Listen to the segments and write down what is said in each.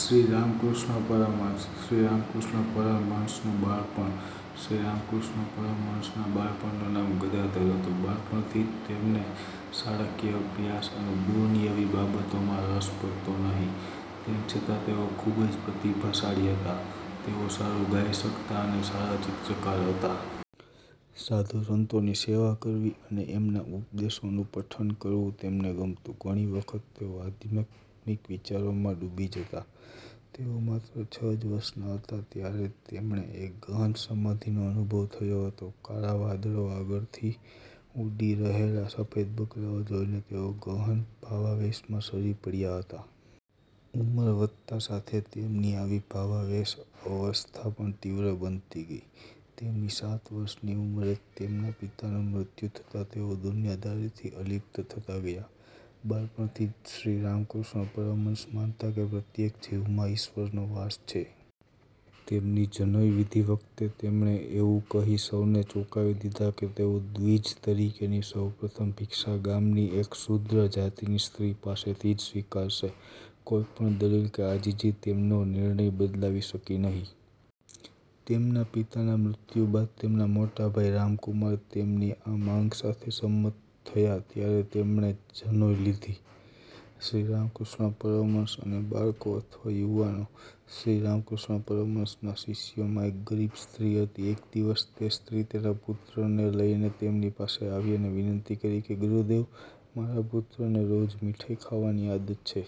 શ્રીરામકૃષ્ણ પરમહંસ શ્રીરામકૃષ્ણ પરમહંસનું બાળપણ શ્રીરામકૃષ્ણ પરમહંસના બાળપણનું નામ ગદાધર હતું. બાળપણથી જ તેમને શાળાકીય અભ્યાસ અને દુન્યવી બાબતોમાં રસ પડતો નહિ. તેમ છતાં તેઓ ખુબ જ પ્રતિભાશાળી હતા. તેઓ સારું ગાઈ શકતા અને સારા ચિત્રકાર હતા. સાધુ સંતોની સેવા કરવી અને એમના ઉપદેશોનું પઠન કરવું તેમને ગમતું. ઘણી વખત તેઓ આધ્યાત્મિક વિચારોમાં ડૂબી જતા. તેઓ માત્ર છ જ વર્ષના હતા ત્યારે તેમને એક ગહન સમાધિનો અનુભવ થયો હતો. કાળા વાદળો આગળથી ઊડી રહેલા સફેદ બગલાઓ જોઈને તેઓ ગહન ભાવાવેશમાં સરી પડયા હતા. ઉંમર વધતા સાથે તેમની આવી ભાવાવેશ અવસ્થા પણ તીવ્ર બનતી ગઈ. તેમની સાત વર્ષની ઉંમરે તેમના પિતાનું મૃત્યુ થતાં તેઓ દુનિયાદારીથી અલિપ્ત થતા ગયા. બાળપણથી જ શ્રીરામકૃષ્ણ પરમહંસ માનતા કે પ્રત્યેક જીવમાં ઈશ્વરનો વાસ છે. તેમની જનોઈ વિધિ વખતે તેમણે એવું કહી સૌને ચોંકાવી દીધા કે તેઓ દ્વિજ તરીકેની સૌપ્રથમ ભિક્ષા ગામની એક શૂદ્ર જાતિની સ્ત્રી પાસેથી જ સ્વીકારશે. કોઈ પણ દલીલ કે આજીજી તેમનો નિર્ણય બદલાવી શકી નહિ. તેમના પિતાના મૃત્યુ બાદ તેમના મોટાભાઈ રામકુમાર તેમની આ માંગ સાથે સંમત થયા ત્યારે તેમણે જનોઈ લીધી. શ્રીરામકૃષ્ણ પરમહંસ અને બાળકો / યુવાનો શ્રીરામકૃષ્ણ પરમહંસના શિષ્યોમાં એક ગરીબ સ્ત્રી હતી. એક દિવસ તે સ્ત્રી તેના પુત્રને લઇને તેમની પાસે આવી અને વિનંતી કરી કે, "ગુરુદેવ, મારા પુત્રને રોજ મીઠાઈ ખાવાની આદત છે.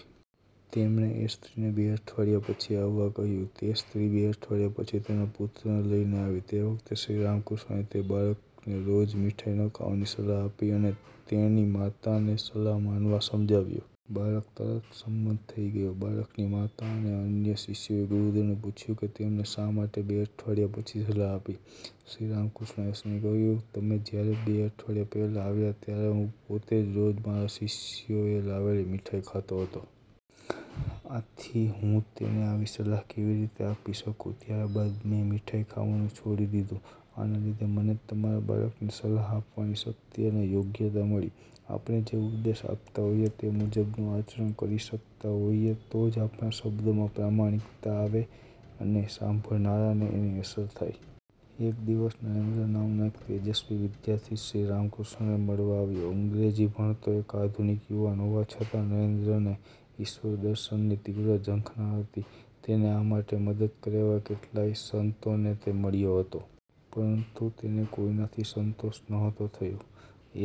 તેમણે એ સ્ત્રીને બે અઠવાડિયા પછી આવવા કહ્યું. તે સ્ત્રી બે અઠવાડિયા પછી તેના પુત્રને લઇને આવી. તે વખતે શ્રીરામકૃષ્ણએ તે બાળકને રોજ મીઠાઈ ન ખાવાની સલાહ આપી અને તેની માતાની સલાહ માનવા સમજાવ્યો. બાળક તરત સંમત થઇ ગયો. બાળકની માતા અને અન્ય શિષ્યોએ ગુરુદેવને પૂછ્યું કે તેમણે શા માટે બે અઠવાડિયા પછી સલાહ આપી? શ્રીરામકૃષ્ણએ હસીને કહ્યું, "તમે જયારે બે અઠવાડિયા પહેલાં આવ્યા ત્યારે હું પોતે જ રોજ મારા શિષ્યોએ લાવેલી મીઠાઈ ખાતો હતો. આથી હું તેને આવી સલાહ કેવી રીતે આપી શકું? ત્યાર બાદ મેં મીઠાઈ ખાવાનું છોડી દીધું. આના લીધે મને તમારા બાળકને સલાહ આપવાની શક્તિ અને યોગ્યતા મળી. આપણે જે ઉપદેશ આપતા હોઈએ તે મુજબનું આચરણ કરી શકતા હોઈએ તો જ આપણા શબ્દોમાં પ્રામાણિકતા આવે અને સાંભળનારને એની અસર થાય". એક દિવસ નરેન્દ્ર નામનો એક તેજસ્વી વિદ્યાર્થી શ્રીરામકૃષ્ણને મળવા આવ્યો. અંગ્રેજી ભણતો એક આધુનિક યુવાન હોવા છતાં નરેન્દ્રને ઈશ્વરદર્શનની તીવ્ર ઝંખના હતી. તેને આ માટે મદદ કરે એવા કેટલાય સંતોને તે મળ્યો હતો. પરંતુ તેને કોઈનાથી સંતોષ નહોતો થયો.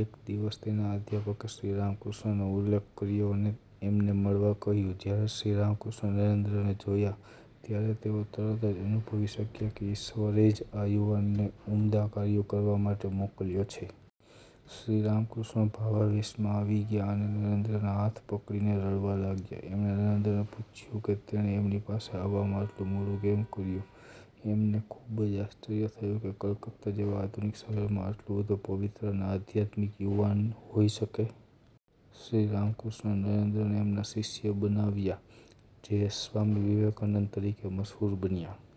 એક દિવસ તેના અધ્યાપકે શ્રીરામકૃષ્ણનો ઉલ્લેખ કર્યો અને એમને મળવા કહ્યું. જયારે શ્રીરામકૃષ્ણએ નરેન્દ્રને જોયા ત્યારે તેઓ તરત જ અનુભવી શક્યા કે ઈશ્વરે જ આ યુવાનને ઉમદા કાર્યો કરવા માટે મોકલ્યો છે. શ્રીરામકૃષ્ણ ભાવાવેશમાં આવી ગયા અને નરેન્દ્રના હાથ પકડીને રડવા લાગ્યા. એમણે નરેન્દ્રને પૂછ્યું કે તેણે એમની પાસે આવવામાં આટલું મોડું કેમ કર્યું? એમને ખુબ જ આશ્ચર્ય થયું કે કલકત્તા જેવા આધુનિક શહેરમાં આટલો બધો પવિત્ર અને આધ્યાત્મિક યુવાન હોઈ શકે? શ્રીરામકૃષ્ણએ નરેન્દ્રને એમના શિષ્ય બનાવ્યા જે સ્વામી વિવેકાનંદ તરીકે મશહૂર બન્યા!